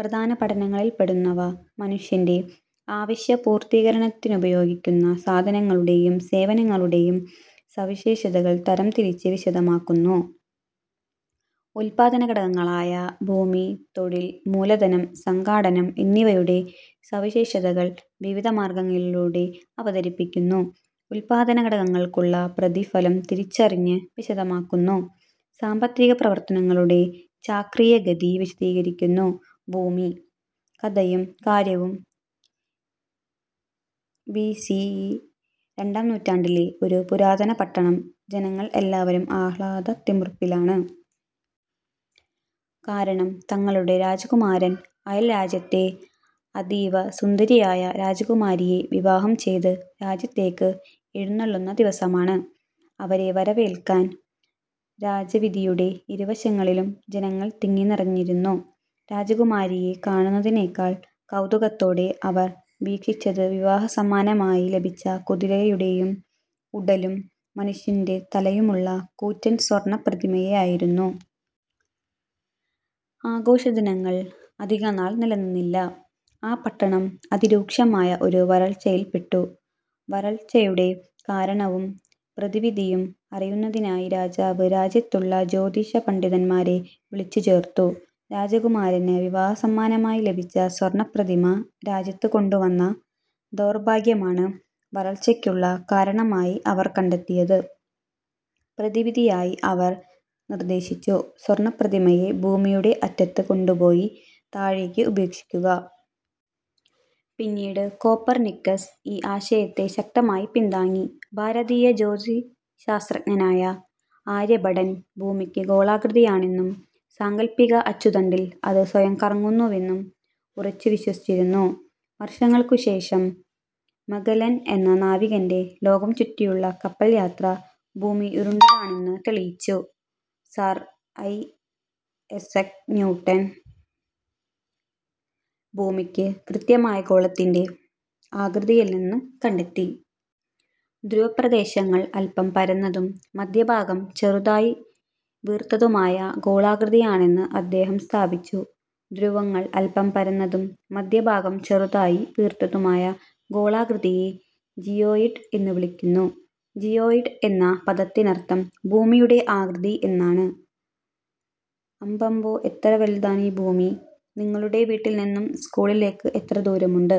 പ്രധാന പഠനങ്ങളിൽപ്പെടുന്നവ മനുഷ്യന്റെ ആവശ്യപൂർത്തീകരണത്തിനുപയോഗിക്കുന്ന സാധനങ്ങളുടെയും സേവനങ്ങളുടെയും സവിശേഷതകൾ തരംതിരിച്ച് വിശദമാക്കുന്നു. ഉല്പാദനഘടകങ്ങളായ ഭൂമി, തൊഴിൽ, മൂലധനം, സംഘാടനം എന്നിവയുടെ സവിശേഷതകൾ വിവിധ മാർഗ്ഗങ്ങളിലൂടെ അവതരിപ്പിക്കുന്നു. ഉല്പാദനഘടകങ്ങൾക്കുള്ള പ്രതിഫലം തിരിച്ചറിഞ്ഞ് വിശദമാക്കുന്നു. സാമ്പത്തികപ്രവർത്തനങ്ങളുടെ ചാക്രികഗതി വിശദീകരിക്കുന്നു. ഭൂമി: കഥയും കാര്യവും: ബി. സി. ഇ രണ്ടാം നൂറ്റാണ്ടിലെ ഒരു പുരാതന പട്ടണം: ജനങ്ങൾ എല്ലാവരും ആഹ്ലാദത്തിമിർപ്പിലാണ്. കാരണം തങ്ങളുടെ രാജകുമാരൻ അയൽ രാജ്യത്തെ അതീവ സുന്ദരിയായ രാജകുമാരിയെ വിവാഹം ചെയ്ത് രാജ്യത്തേയ്ക്ക് എഴുന്നെള്ളുന്ന ദിവസമാണ്. അവരെ വരവേൽക്കാൻ രാജവീഥിയുടെ ഇരുവശങ്ങളിലും ജനങ്ങൾ തിങ്ങി നിറഞ്ഞിരുന്നു. രാജകുമാരിയെ കാണുന്നതിനെക്കാൾ കൗതുകത്തോടെ അവർ വീക്ഷിച്ചത് വിവാഹസമ്മാനമായി ലഭിച്ച കുതിരയുടെ ഉടലും മനുഷ്യന്റെ തലയുമുള്ള കൂറ്റൻ സ്വർണ്ണ പ്രതിമയെ ആയിരുന്നു. ആഘോഷദിനങ്ങൾ അധികനാൾ നിലനിന്നില്ല. ആ പട്ടണം അതിരൂക്ഷമായ ഒരു വരൾച്ചയിൽപ്പെട്ടു. വരൾച്ചയുടെ കാരണവും പ്രതിവിധിയും അറിയുന്നതിനായി രാജാവ് രാജ്യത്തുള്ള ജ്യോതിഷ പണ്ഡിതന്മാരെ വിളിച്ചുചേർത്തു. രാജകുമാരന് വിവാഹസമ്മാനമായി ലഭിച്ച സ്വർണ്ണപ്രതിമ രാജ്യത്ത് കൊണ്ടുവന്ന ദൗർഭാഗ്യമാണ് വരൾച്ചയ്ക്കുള്ള കാരണമായി അവർ കണ്ടെത്തിയത്. പ്രതിവിധിയായി അവർ നിർദേശിച്ചു. സ്വർണ്ണപ്രതിമയെ ഭൂമിയുടെ അറ്റത്ത് കൊണ്ടുപോയി താഴേയ്ക്ക് ഉപേക്ഷിക്കുക. പിന്നീട് കോപ്പർ നിക്കസ് ഈ ആശയത്തെശക്തമായി പിന്താങ്ങി. ഭാരതീയ ജ്യോതിശാസ്ത്രജ്ഞനായ ആര്യഭടൻ ഭൂമിക്ക് ഗോളാകൃതിയാണെന്നും സാങ്കല്പിക അച്ചുതണ്ടിൽ അത് സ്വയം കറങ്ങുന്നുവെന്നും ഉറച്ചുവിശ്വസിച്ചിരുന്നു. വർഷങ്ങൾക്കുശേഷം മഗല്ലൻ എന്ന നാവികന്റെ ലോകം ചുറ്റിയുള്ള കപ്പൽ യാത്ര ഭൂമി ഉരുണ്ടതാണെന്ന് തെളിയിച്ചു. സർ ഐസക് ന്യൂട്ടൺ ഭൂമിക്ക് കൃത്യമായ ഗോളത്തിന്റെ ആകൃതിയല്ലെന്ന് കണ്ടെത്തി. ധ്രുവപ്രദേശങ്ങൾ അല്പം പരന്നതും മധ്യഭാഗം ചെറുതായി വീർത്തതുമായ ഗോളാകൃതിയാണെന്ന് അദ്ദേഹം സ്ഥാപിച്ചു. ധ്രുവങ്ങൾ അല്പം പരന്നതും മധ്യഭാഗം ചെറുതായി വീർത്തതുമായ ഗോളാകൃതിയെ ജിയോയിഡ് എന്നുവിളിക്കുന്നു. ജിയോയിഡ് എന്ന പദത്തിനർത്ഥം ""ഭൂമിയുടെ ആകൃതി' എന്നാണ്. അമ്പമ്പോ എത്രവലുതാണീ ഭൂമി! നിങ്ങളുടെ വീട്ടിൽ നിന്നും സ്കൂളിലേക്ക് എത്ര ദൂരമുണ്ട്?